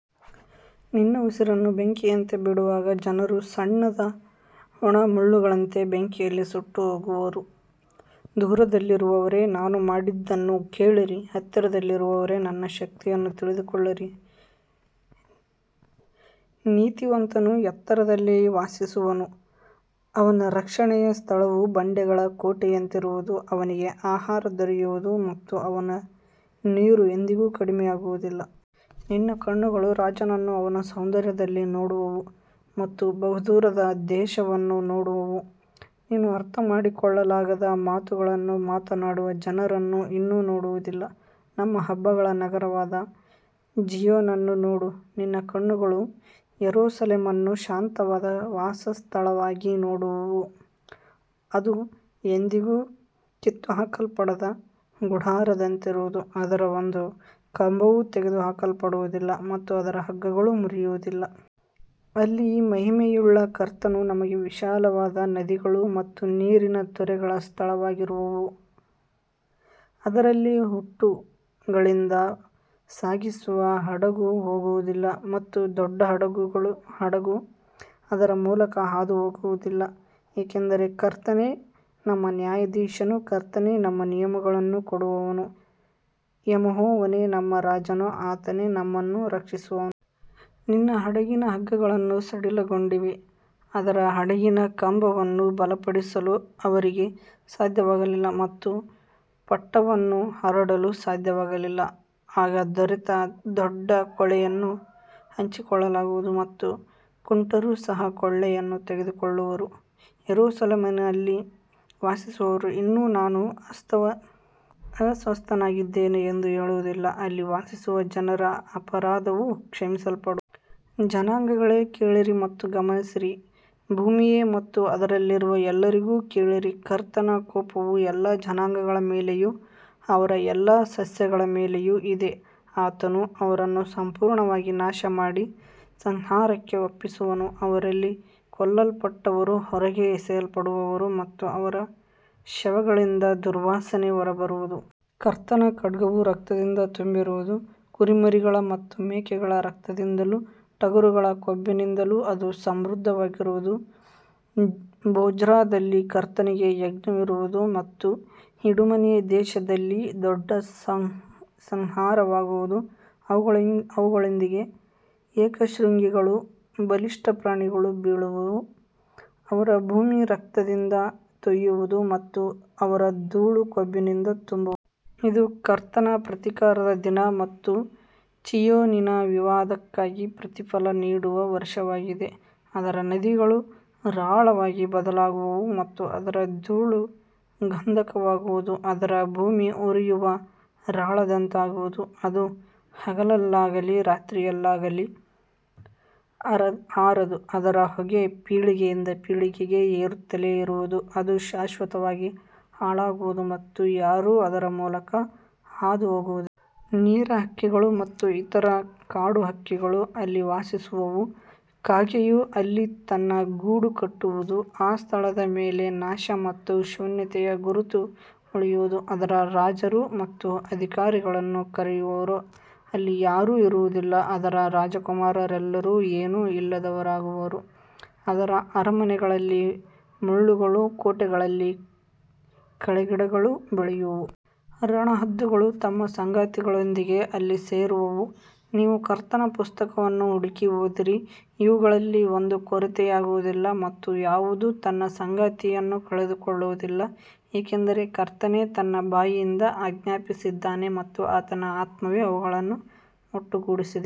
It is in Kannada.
ನಿನ್ನ ಉಸಿರನ್ನು ಬೆಂಕಿಯಂತೆ ಹೊರಬಿಡುವಾಗ ಜನರು ಸುಣ್ಣದ ಒಣ ಮುಳ್ಳುಗಳಂತೆ ಬೆಂಕಿಯಲ್ಲಿ ಸುಟ್ಟುಹೋಗುವರು. ದೂರದಲ್ಲಿರುವವರೇ, ನಾನು ಮಾಡಿದ್ದನ್ನು ಕೇಳಿರಿ. ಹತ್ತಿರದಲ್ಲಿರುವವರೇ, ನನ್ನ ಶಕ್ತಿಯನ್ನು ತಿಳಿದುಕೊಳ್ಳಿರಿ. ನೀತಿವಂತನು ಎತ್ತರದಲ್ಲಿ ವಾಸಿಸುವನು. ಅವನ ರಕ್ಷಣೆಯ ಸ್ಥಳವು ಬಂಡೆಗಳ ಕೋಟೆಯಂತಿರುವುದು. ಅವನಿಗೆ ಆಹಾರ ದೊರೆಯುವುದು ಮತ್ತು ಅವನ ನೀರು ಎಂದಿಗೂ ಕಡಿಮೆಯಾಗುವುದಿಲ್ಲ. ನಿನ್ನ ಕಣ್ಣುಗಳು ರಾಜನನ್ನು ಅವನ ಸೌಂದರ್ಯದಲ್ಲಿ ನೋಡುವವು ಮತ್ತು ಬಹುದೂರದ ದೇಶವನ್ನು ನೋಡುವವು. ನೀನು ಅರ್ಥಮಾಡಿಕೊಳ್ಳಲಾಗದ ಮಾತುಗಳನ್ನು ಮಾತನಾಡುವ ಜನರನ್ನು ಇನ್ನು ನೋಡುವುದಿಲ್ಲ. ನಮ್ಮ ಹಬ್ಬಗಳ ನಗರವಾದ ಚೀಯೋನನ್ನು ನೋಡು. ನಿನ್ನ ಕಣ್ಣುಗಳು ಯೆರೂಸಲೇಮನ್ನು ಶಾಂತವಾದ ವಾಸಸ್ಥಳವಾಗಿ ನೋಡುವವು. ಅದು ಎಂದಿಗೂ ಕಿತ್ತುಹಾಕಲ್ಪಡದ ಗುಡಾರದಂತಿರುವುದು. ಅದರ ಒಂದು ಕಂಬವೂ ತೆಗೆದುಹಾಕಲ್ಪಡುವುದಿಲ್ಲ ಮತ್ತು ಅದರ ಹಗ್ಗಗಳೂ ಮುರಿಯುವುದಿಲ್ಲ. ಅಲ್ಲಿ ಮಹಿಮೆಯುಳ್ಳ ಕರ್ತನು ನಮಗೆ ವಿಶಾಲವಾದ ನದಿಗಳು ಮತ್ತು ನೀರಿನ ತೊರೆಗಳ ಸ್ಥಳವಾಗಿರುವನು. ಅದರಲ್ಲಿ ಹುಟ್ಟುಗಳಿಂದ ಸಾಗಿಸುವ ಹಡಗು ಹೋಗುವುದಿಲ್ಲ ಮತ್ತು ದೊಡ್ಡ ಯುದ್ಧಹಡಗು ಅದರ ಮೂಲಕ ಹಾದುಹೋಗುವುದಿಲ್ಲ. ಏಕೆಂದರೆ ಕರ್ತನೇ ನಮ್ಮ ನ್ಯಾಯಾಧೀಶನು. ಕರ್ತನೇ ನಮ್ಮ ನಿಯಮಗಳನ್ನು ಕೊಡುವವನು. ಯೆಹೋವನೇ ನಮ್ಮ ರಾಜನು. ಆತನೇ ನಮ್ಮನ್ನು ರಕ್ಷಿಸುವನು. ನಿನ್ನ ಹಡಗಿನ ಹಗ್ಗಗಳು ಸಡಿಲಗೊಂಡಿವೆ. ಅದರ ಹಡಗಿನ ಕಂಬವನ್ನು ಬಲಪಡಿಸಲು ಅವರಿಗೆ ಸಾಧ್ಯವಾಗಲಿಲ್ಲ ಮತ್ತು ಪಟವನ್ನು ಹರಡಲು ಸಾಧ್ಯವಾಗಲಿಲ್ಲ. ಆಗ ದೊರೆತ ದೊಡ್ಡ ಕೊಳ್ಳೆಯನ್ನು ಹಂಚಿಕೊಳ್ಳಲಾಗುವುದು ಮತ್ತು ಕುಂಟರೂ ಸಹ ಕೊಳ್ಳೆಯನ್ನು ತೆಗೆದುಕೊಳ್ಳುವರು. ಯೆರೂಸಲೇಮಿನಲ್ಲಿ ವಾಸಿಸುವವರು ಇನ್ನು ನಾನು ಅಸ್ವಸ್ಥನಾಗಿದ್ದೇನೆ ಎಂದು ಹೇಳುವುದಿಲ್ಲ. ಅಲ್ಲಿ ವಾಸಿಸುವ ಜನರ ಅಪರಾಧವು ಕ್ಷಮಿಸಲ್ಪಡುವುದು. ಜನಾಂಗಗಳೇ, ಕೇಳಿರಿ ಮತ್ತು ಗಮನಿಸಿರಿ. ಭೂಮಿಯೇ ಮತ್ತು ಅದರಲ್ಲಿರುವ ಎಲ್ಲರೂ ಕೇಳಿರಿ. ಕರ್ತನ ಕೋಪವು ಎಲ್ಲಾ ಜನಾಂಗಗಳ ಮೇಲೆಯೂ ಅವರ ಎಲ್ಲಾ ಸೈನ್ಯಗಳ ಮೇಲೆಯೂ ಇದೆ. ಆತನು ಅವರನ್ನು ಸಂಪೂರ್ಣವಾಗಿ ನಾಶಮಾಡಿ ಸಂಹಾರಕ್ಕೆ ಒಪ್ಪಿಸುವನು. ಅವರಲ್ಲಿ ಕೊಲ್ಲಲ್ಪಟ್ಟವರು ಹೊರಗೆ ಎಸೆಯಲ್ಪಡುವರು ಮತ್ತು ಅವರ ಶವಗಳಿಂದ ದುರ್ವಾಸನೆ ಹೊರಬರುವುದು. ಕರ್ತನ ಖಡ್ಗವು ರಕ್ತದಿಂದ ತುಂಬಿರುವುದು. ಕುರಿಮರಿಗಳ ಮತ್ತು ಮೇಕೆಗಳ ರಕ್ತದಿಂದಲೂ ಟಗರುಗಳ ಕೊಬ್ಬಿನಿಂದಲೂ ಅದು ಸಮೃದ್ಧವಾಗಿರುವುದು. ಬೊಜ್ರಾದಲ್ಲಿ ಕರ್ತನಿಗೆ ಯಜ್ಞವಿರುವುದು ಮತ್ತು ಇಡುಮೆಯ ದೇಶದಲ್ಲಿ ದೊಡ್ಡ ಸಂಹಾರವಾಗುವುದು. ಅವುಗಳೊಂದಿಗೆ ಏಕಶೃಂಗಿಗಳೂ ಬಲಿಷ್ಠ ಪ್ರಾಣಿಗಳೂ ಬೀಳುವವು. ಅವರ ಭೂಮಿ ರಕ್ತದಿಂದ ತೋಯುವುದು ಮತ್ತು ಅವರ ಧೂಳು ಕೊಬ್ಬಿನಿಂದ ತುಂಬುವುದು. ಇದು ಕರ್ತನ ಪ್ರತೀಕಾರದ ದಿನ ಮತ್ತು ಚೀಯೋನಿನ ವಿವಾದಕ್ಕಾಗಿ ಪ್ರತಿಫಲ ನೀಡುವ ವರ್ಷವಾಗಿದೆ. ಅದರ ನದಿಗಳು ರಾಳವಾಗಿ ಬದಲಾಗುವವು ಮತ್ತು ಅದರ ಧೂಳು ಗಂಧಕವಾಗುವುದು. ಅದರ ಭೂಮಿ ಉರಿಯುವ ರಾಳದಂತಾಗುವುದು. ಅದು ಹಗಲಲ್ಲಾಗಲಿ ರಾತ್ರಿಯಲ್ಲಾಗಲಿ ಆರದು. ಅದರ ಹೊಗೆ ಪೀಳಿಗೆಯಿಂದ ಪೀಳಿಗೆಗೆ ಏರುತ್ತಲೇ ಇರುವುದು. ಅದು ಶಾಶ್ವತವಾಗಿ ಹಾಳಾಗುವುದು ಮತ್ತು ಯಾರೂ ಅದರ ಮೂಲಕ ಹಾದುಹೋಗುವುದಿಲ್ಲ. ನೀರಹಕ್ಕಿಗಳು ಮತ್ತು ಇತರ ಕಾಡುಹಕ್ಕಿಗಳು ಅಲ್ಲಿ ವಾಸಿಸುವವು. ಕಾಗೆಯು ಅಲ್ಲಿ ತನ್ನ ಗೂಡು ಕಟ್ಟುವುದು. ಆ ಸ್ಥಳದ ಮೇಲೆ ನಾಶ ಮತ್ತು ಶೂನ್ಯತೆಯ ಗುರುತು ಉಳಿಯುವುದು. ಅದರ ರಾಜರು ಮತ್ತು ಅಧಿಕಾರಿಗಳನ್ನು ಕರೆಯುವರೂ ಅಲ್ಲಿ ಯಾರೂ ಇರುವುದಿಲ್ಲ. ಅದರ ರಾಜಕುಮಾರರೆಲ್ಲರೂ ಏನೂ ಇಲ್ಲದವರಾಗುವರು. ಅದರ ಅರಮನೆಗಳಲ್ಲಿ ಮುಳ್ಳುಗಳೂ ಕೋಟೆಗಳಲ್ಲಿ ಕಳೆಗಿಡಗಳೂ ಬೆಳೆಯುವವು. ರಣಹದ್ದುಗಳು ತಮ್ಮ ಸಂಗಾತಿಗಳೊಂದಿಗೆ ಅಲ್ಲಿ ಸೇರುವವು. ನೀವು ಕರ್ತನ ಪುಸ್ತಕವನ್ನು ಹುಡುಕಿ ಓದಿರಿ. ಇವುಗಳಲ್ಲಿ ಒಂದೂ ಕೊರತೆಯಾಗುವುದಿಲ್ಲ ಮತ್ತು ಯಾವುದೂ ತನ್ನ ಸಂಗಾತಿಯನ್ನು ಕಳೆದುಕೊಳ್ಳುವುದಿಲ್ಲ. ಏಕೆಂದರೆ ಕರ್ತನೇ ತನ್ನ ಬಾಯಿಂದ ಆಜ್ಞಾಪಿಸಿದ್ದಾನೆ ಮತ್ತು ಆತನ ಆತ್ಮವೇ ಅವುಗಳನ್ನು ಒಟ್ಟುಗೂಡಿಸಿದೆ.